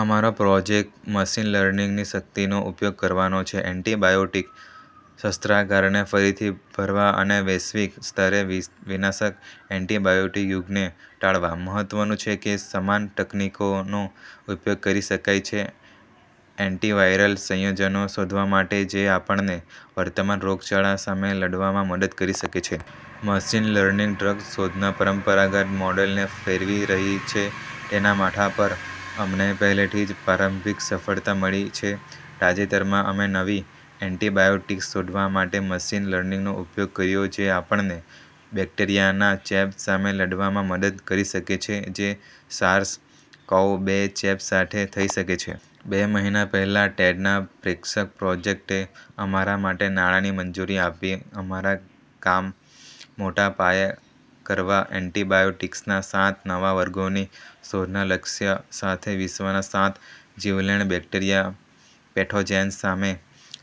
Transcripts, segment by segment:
અમારો project machine લર્નિંગની શક્તિનો ઉપયોગ કરવાનો છે એન્ટિબાયોટિક શસ્ત્રાગારને ફરીથી ભરવા અને વૈશ્વિક સ્તરે વિનાશક એન્ટીબાયોટીક યુગને ટાળવા. મહત્વનું છે કે, સમાન તકનીકનો ઉપયોગ કરી શકાય છે એન્ટિવાયરલ સંયોજનો શોધવા માટે જે આપણને વર્તમાન રોગચાળા સામે લડવામાં મદદ કરી શકે છે. મશીન લર્નિંગ ડ્રગ શોધના પરંપરાગત મોડેલને ફેરવી રહી છે તેના માથા પર. અમને પહેલેથી જ પ્રારંભિક સફળતા મળી છે. તાજેતરમાં, અમે નવી એન્ટિબાયોટિક્સ શોધવા માટે મશીન લર્નિંગનો ઉપયોગ કર્યો જે આપણને બેક્ટેરિયાના ચેપ સામે લડવામાં મદદ કરી શકે છે જે સાર્સ-કોવ-બે ચેપ સાથે થઈ શકે છે. બે મહિના પહેલા, ટેડના પ્રેક્ષક પ્રોજેક્ટે અમારા માટે નાણાંની મંજૂરી આપી અમારા કામ મોટા પાયે કરવા એન્ટિબાયોટિક્સના સાત નવા વર્ગોની શોધના લક્ષ્ય સાથે વિશ્વના સાત જીવલેણ બેક્ટેરિયા પેથોજેન્સ સામે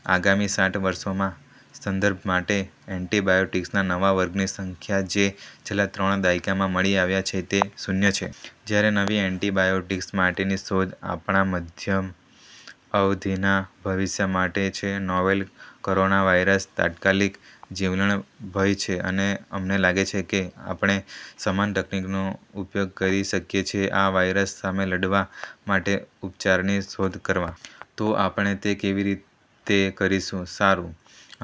આગામી સાત વર્ષોમાં. સંદર્ભ માટે: એન્ટિબાયોટિક્સના નવા વર્ગની સંખ્યા જે છેલ્લા ત્રણ દાયકામાં મળી આવ્યા છે તે શૂન્ય છે. જ્યારે નવી એન્ટિબાયોટિક્સ માટેની શોધ આપણા મધ્યમ-અવધિના ભવિષ્ય માટે છે, નોવેલ કોરોનાવાયરસ તાત્કાલિક જીવલેણ ભય છે, અને અમને લાગે છે કે આપણે સમાન તકનીકનો ઉપયોગ કરી શકીએ છીએ આ વાયરસ સામે લડવા માટે ઉપચારની શોધ કરવા. તો આપણે તે કેવી રીતે કરીશું? સારું,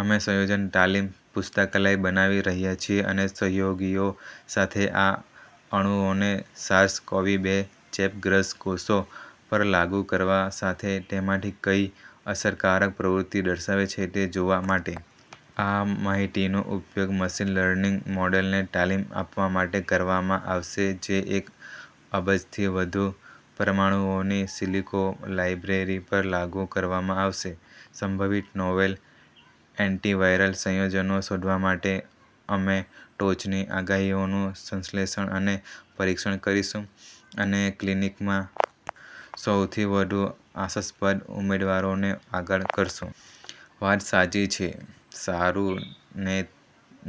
અમે સંયોજન તાલીમ પુસ્તકાલય બનાવી રહ્યા છીએ અને સહયોગીઓ સાથે આ અણુઓને સાર્સ-કોવી-બે ચેપગ્રસ્ત કોષો પર લાગુ કરવા સાથે તેમાંથી કઈ અસરકારક પ્રવૃત્તિ દર્શાવે છે તે જોવા માટે. આ માહિતીનો ઉપયોગ મશીન લર્નિંગ મોડેલને તાલીમ આપવા માટે કરવામાં આવશે જે એક અબજથી વધુ પરમાણુઓની સિલિકો લાઇબ્રેરી પર લાગુ કરવામાં આવશે સંભવિત નોવેલ એન્ટિવાયરલ સંયોજનો શોધવા માટે. અમે ટોચની આગાહીઓનું સંશ્લેષણ અને પરીક્ષણ કરીશું અને ક્લિનિકમાં સૌથી વધુ આશાસ્પદ ઉમેદવારોને આગળ કરશું. વાત સાચી લાગે છે? સારું, તે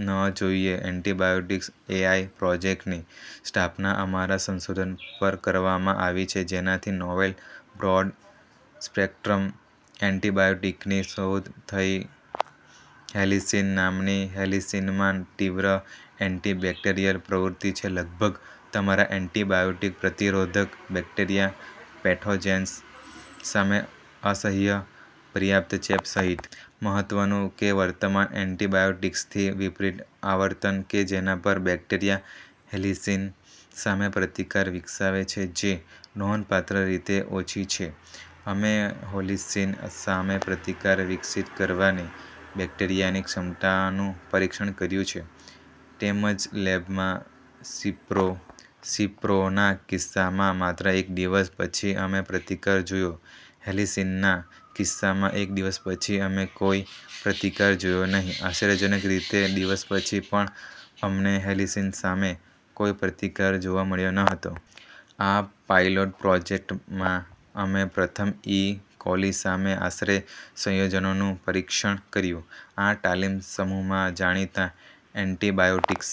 ન જોઈએ. એન્ટિબાયોટિક્સ એઆઈ પ્રોજેક્ટની સ્થાપના અમારા સંશોધન પર કરવામાં આવી છે જેનાથી નોવેલ બ્રોડ-સ્પેક્ટ્રમ એન્ટીબાયોટીકની શોધ થઈ હેલિસિન નામની.. હેલિસિનમાં તીવ્ર એન્ટિબેક્ટેરિયલ પ્રવૃત્તિ છે લગભગ તમામ એન્ટીબાયોટીક-પ્રતિરોધક બેક્ટેરિયા પેથોજેન્સ સામે, અસહ્ય પર્યાપ્ત ચેપ સહિત. મહત્વનું કે, વર્તમાન એન્ટીબાયોટીક્સથી વિપરીત, આવર્તન કે જેના પર બેક્ટેરિયા હેલિસિન સામે પ્રતિકાર વિકસાવે છે જે નોંધપાત્ર રીતે ઓછી છે. અમે હેલિસિન સામે પ્રતિકાર વિકસિત કરવાની બેક્ટેરિયાની ક્ષમતાનું પરીક્ષણ કર્યું છે તેમજ લેબમાં સિપ્રો. સિપ્રોના કિસ્સામાં, માત્ર એક દિવસ પછી, અમે પ્રતિકાર જોયો. હેલિસિનના કિસ્સામાં, એક દિવસ પછી, અમે કોઈ પ્રતિકાર જોયો નહીં. આશ્ચર્યજનક રીતે, દિવસ પછી પણ, અમને હેલિસિન સામે કોઈ પ્રતિકાર જોવા મળ્યો ન હતો. આ પાયલોટ પ્રોજેક્ટમાં, અમે પ્રથમ ઇ કોલી સામે આશરે સંયોજનોનું પરીક્ષણ કર્યું. આ તાલીમ સમૂહમાં જાણીતા એન્ટીબાયોટીક્સ,